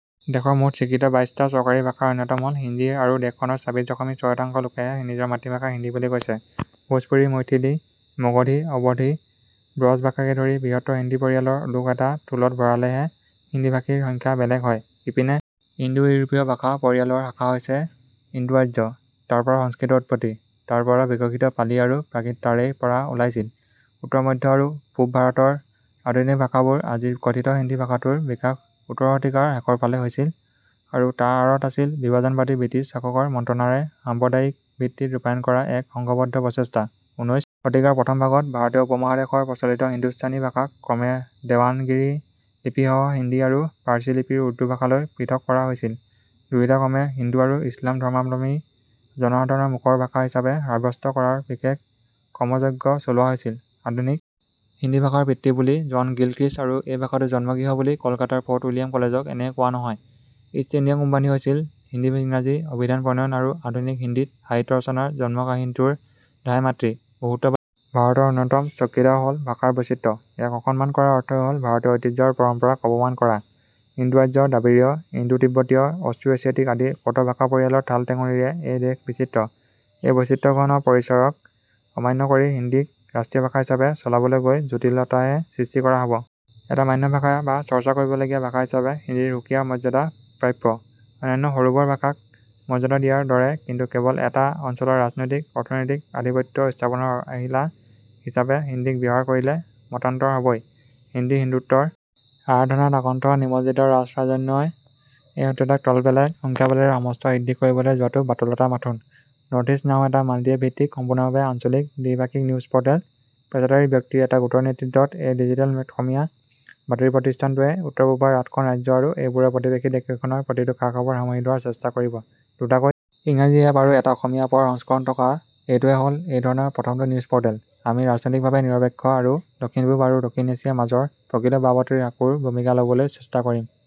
দেশৰ মুঠ স্বীকৃত বাইশ টা চৰকাৰী ভাষাৰ অন্যতম হ'ল হিন্দী আৰু‌‌ দেশখনৰ ছাব্বিশ দশমিক ছয় শতাংশ লোকেহে নিজৰ মাতৃভাষা হিন্দী বুলি কৈছে। ভোজপুৰী, মৈথিলী, মগধী, অৱধী, ব্ৰজ ভাষাকে ধৰি বৃহত্তৰ হিন্দী পৰিয়ালৰ লোক এটা থূলত ভৰালেহে হিন্দীভাষীৰ সংখ্যা বেলেগ হয়। ইপিনে ইন্দোইউৰোপীয় ভাষা পৰিয়ালৰ শাখা হৈছে ইন্দোআৰ্য। তাৰপৰা সংস্কৃতৰ উৎপত্তি। তাৰপৰা বিকশিত পালি আৰু প্ৰাকৃত তাৰেই পৰা ওলাইছিল। উত্তৰ মধ্য আৰু পূব ভাৰতৰ আধুনিক ভাষাবোৰ আজিৰ কথিত হিন্দী ভাষাটোৰ বিকাশ ওঠৰ শতিকাৰ শেষৰফালে হৈছিল আৰু তাৰ আঁৰত আছিল বিভাজনবাদী ব্ৰিটিছ শাসকৰ মন্ত্ৰণাৰে সাম্প্ৰদায়িক ভিত্তিত ৰূপায়ন কৰা এক সংঘবদ্ধ প্ৰচেষ্টা। ঊনৈশ শতিকাৰ প্ৰথম ভাগত ভাৰতীয় উপমহাদেশৰ প্ৰচলিত হিন্দুস্থানী ভাষাক ক্ৰমে দেৱনাগিৰী লিপিসহ হিন্দী আৰু পাৰ্চী লিপিৰ উৰ্দু ভাষালৈ পৃথক কৰা হৈছিল। দুয়োটা ক্ৰমে হিন্দু আৰু ইছলাম ধৰ্মাৱলম্বী জনসাধাৰণৰ মুখৰ ভাষা হিচাপে সাব্যস্ত কৰাৰ বিশেষ কৰ্মযজ্ঞ চলোৱা হৈছিল। আধুনিক হিন্দী ভাষাৰ পিতৃ বুলি জন গিলখ্ৰিষ্ট আৰু এই ভাষাটোৰ জন্মগৃহ বুলি কলকাতাৰ ফ'ৰ্ট উইলিয়াম কলেজক এনেয়ে কোৱা নহয়। ইষ্ট ইণ্ডিয়া কোম্পানী হৈছিল হিন্দী ইংৰাজী অভিধান প্ৰণয়ন আৰু আধুনিক হিন্দীত সাহিত্য ৰচনাৰ জন্মকাহিনীটোৰ ধাই মাতৃ। বহুত্ববাদী ভাৰতৰ অন্যতম স্বকীয়তা হ'ল ভাষাৰ বৈচিত্ৰ্য। ইয়াক অসন্মান কৰাৰ অৰ্থই হ'ল ভাৰতীয় ঐতিহ্য আৰু পৰম্পৰাক অপমান কৰা। ইন্দোআৰ্য, দ্ৰাৱিড়ীয়, ইন্দোতিব্বতীয়, অষ্ট্ৰোএছিয়াটিক আদি কত ভাষা পৰিয়ালৰ ঠালঠেঙুলিৰে এই দেশ বিচিত্ৰ। এই বৈচিত্ৰ্যঘন পৰিচয়ক অমান্য কৰি হিন্দীক ৰাষ্ট্ৰীয় ভাষা হিচাপে চলাবলৈ গৈ জটিলতাহে সৃষ্টি কৰা হ'ব। এটা মান্য ভাষা বা চৰ্চা কৰিবলগীয়া ভাষা হিচাপে হিন্দীৰ সুকীয়া মৰ্যাদা প্ৰাপ্য। অন্যান্য সৰু বৰ ভাষাক মৰ্যাদা দিয়াৰ দৰে কিন্তু কেৱল এটা অঞ্চলৰ ৰাজনৈতিক, অৰ্থনৈতিক আধিপত্য স্থাপনৰ আহিলা হিচাপে হিন্দীক ব্যৱহাৰ কৰিলে মতান্তৰ হবই। হিন্দী, হিন্দুত্বৰ আৰাধনাত আকণ্ঠ নিমজ্জিত ৰাজৰাজন্যই এই সত্যতাক তল পেলাই সংখ্যাবলেৰে সমস্ত সিদ্ধি কৰিবলৈ যোৱাটো বাতুলতা মাথোন। নৰ্থইষ্ট নাও এটা মাল্টিএপ ভিত্তিক সম্পূৰ্ণভাৱে আঞ্চলিক দ্বিভাষিক নিউজ পৰ্টেল। পেচাদাৰী ব্যক্তিৰ এটা গোটৰ নেতৃত্বত এই ডিজিটেল অসমীয়া বাতৰি প্ৰতিষ্ঠানটোৱে উত্তৰ-পূবৰ আঠখন ৰাজ্য আৰু এইবোৰৰ প্ৰতিৱেশী দেশকেইখনৰ প্ৰতিটো খা-খবৰ সামৰি লোৱাৰ চেষ্টা কৰিব। দুটাকৈ ইংৰাজী এপ আৰু এটা অসমীয়া এপৰ সংস্কৰণ থকা এইটোৱে হ'ল এই ধৰণৰ প্ৰথমটো নিউজ পৰ্টেল। আমি ৰাজনৈতিকভাৱে নিৰপেক্ষ আৰু দক্ষিণ-পূব আৰু দক্ষিণ এছিয়াৰ মাজৰ প্ৰকৃত বা বাতৰিৰ সাঁকোৰ ভূমিকা লবলৈ চেষ্টা কৰিম।